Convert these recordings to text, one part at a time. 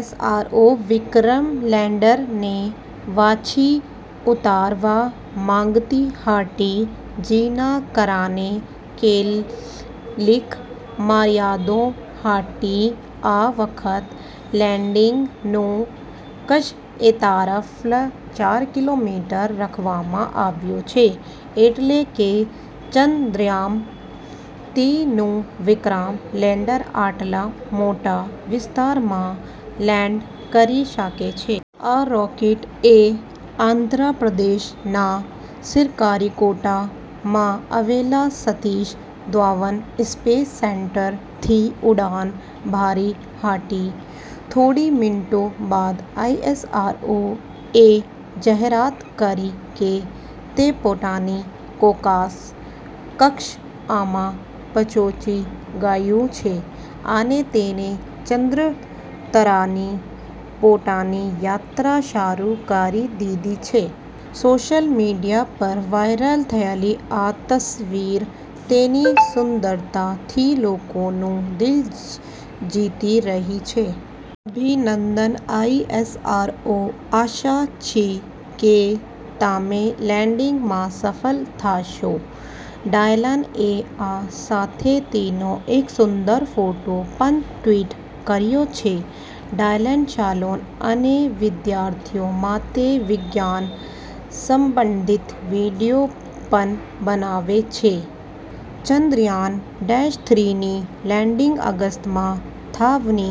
ઇસરો વિક્રમ લેન્ડરને વચ્ચે ઉતારવા માંગતી હતી. જેના કારણે કેટલીક મર્યાદાઓ હતી. આ વખતે લેન્ડિંગનું ક્ષેત્રફળ કિલોમીટર રાખવામાં આવ્યું છે. એટલે કે ચંદ્રયાન- નું વિક્રમ લેન્ડર આટલા મોટા વિસ્તારમાં લેન્ડ કરી શકે છે. આ રોકેટે આંધ્રપ્રદેશના શ્રીહરિકોટાના સતીશ ધવન સ્પેસ સેન્ટરથી ઉડાન ભરી હતી. મિનિટ બાદ ઈસરોએ જાહેરાત કરી કે તે પોતાની ચોક્કસ કક્ષામાં છે અને તેણે ચંદ્ર તરફની પોતાની યાત્રા શરૂ કરી દીધી છે. સોશિયલ મીડિયા પર વાયરલ થયેલી આ તસવીર સુંદરતાથી લોકોનું દિલ જીતી રહી છે. અભિનંદન ઇશરો! આશા છે કે તમે લેન્ડિંગમાં સફળ થશો. ડાયલને આ સાથે તેનો એક સુંદર ફોટો પણ ટ્વિટ કર્યો છે. ડાયલન શાળાઓ અને વિદ્યાર્થીઓ માટે વિજ્ઞાન-સંબંધિત વીડિયો પણ બનાવે છે. ચંદ્રયાન ઓગસ્ટ લેન્ડિંગ કરે તેવી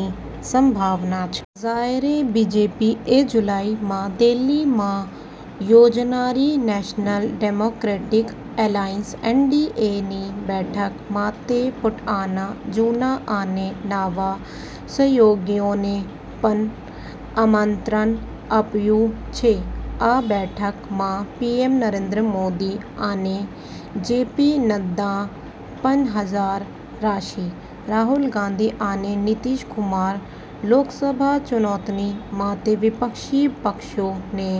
સંભાવના છે. જ્યારે ભાજપે જુલાઈએ દિલ્હીમાં યોજાનારી નેશનલ ડેમોક્રેટિક એલાયન્સ ની બેઠક માટે પોતાના જૂના અને નવા સહયોગીઓને પણ આમંત્રણ આપ્યું છે, પીએમ નરેન્દ્ર મોદી અને જેપી નડ્ડા. રાહુલ ગાંધી અને નીતિશ કુમાર: લોકસભા ચૂંટણી માટે વિપક્ષી પક્ષોને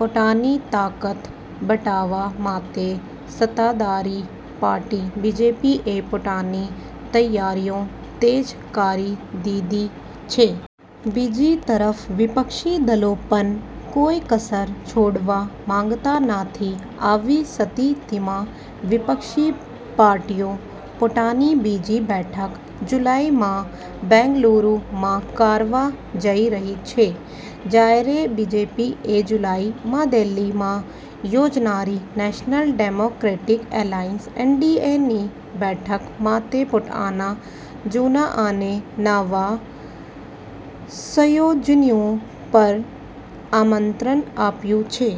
પોતાની તાકાત બતાવવા માટે સત્તાધારી પાર્ટી ભાજપે તૈયારીઓ તેજ કરી દીધી છે. બીજી તરફ વિપક્ષી દળો પણ કોઈ કસર છોડવા માંગતા નથી. આવી સ્થિતિમાં વિપક્ષી પાર્ટીઓ પોતાની બીજી બેઠક જુલાઈએ બેંગલુરુમાં કરવા જઈ રહી છે. જ્યારે ભાજપે જુલાઈએ દિલ્હીમાં યોજાનારી નેશનલ ડેમોક્રેટિક એલાયન્સ ની બેઠક માટે પોતાના જૂના અને નવા સહયોગીઓને પણ આમંત્રણ આપ્યું છે.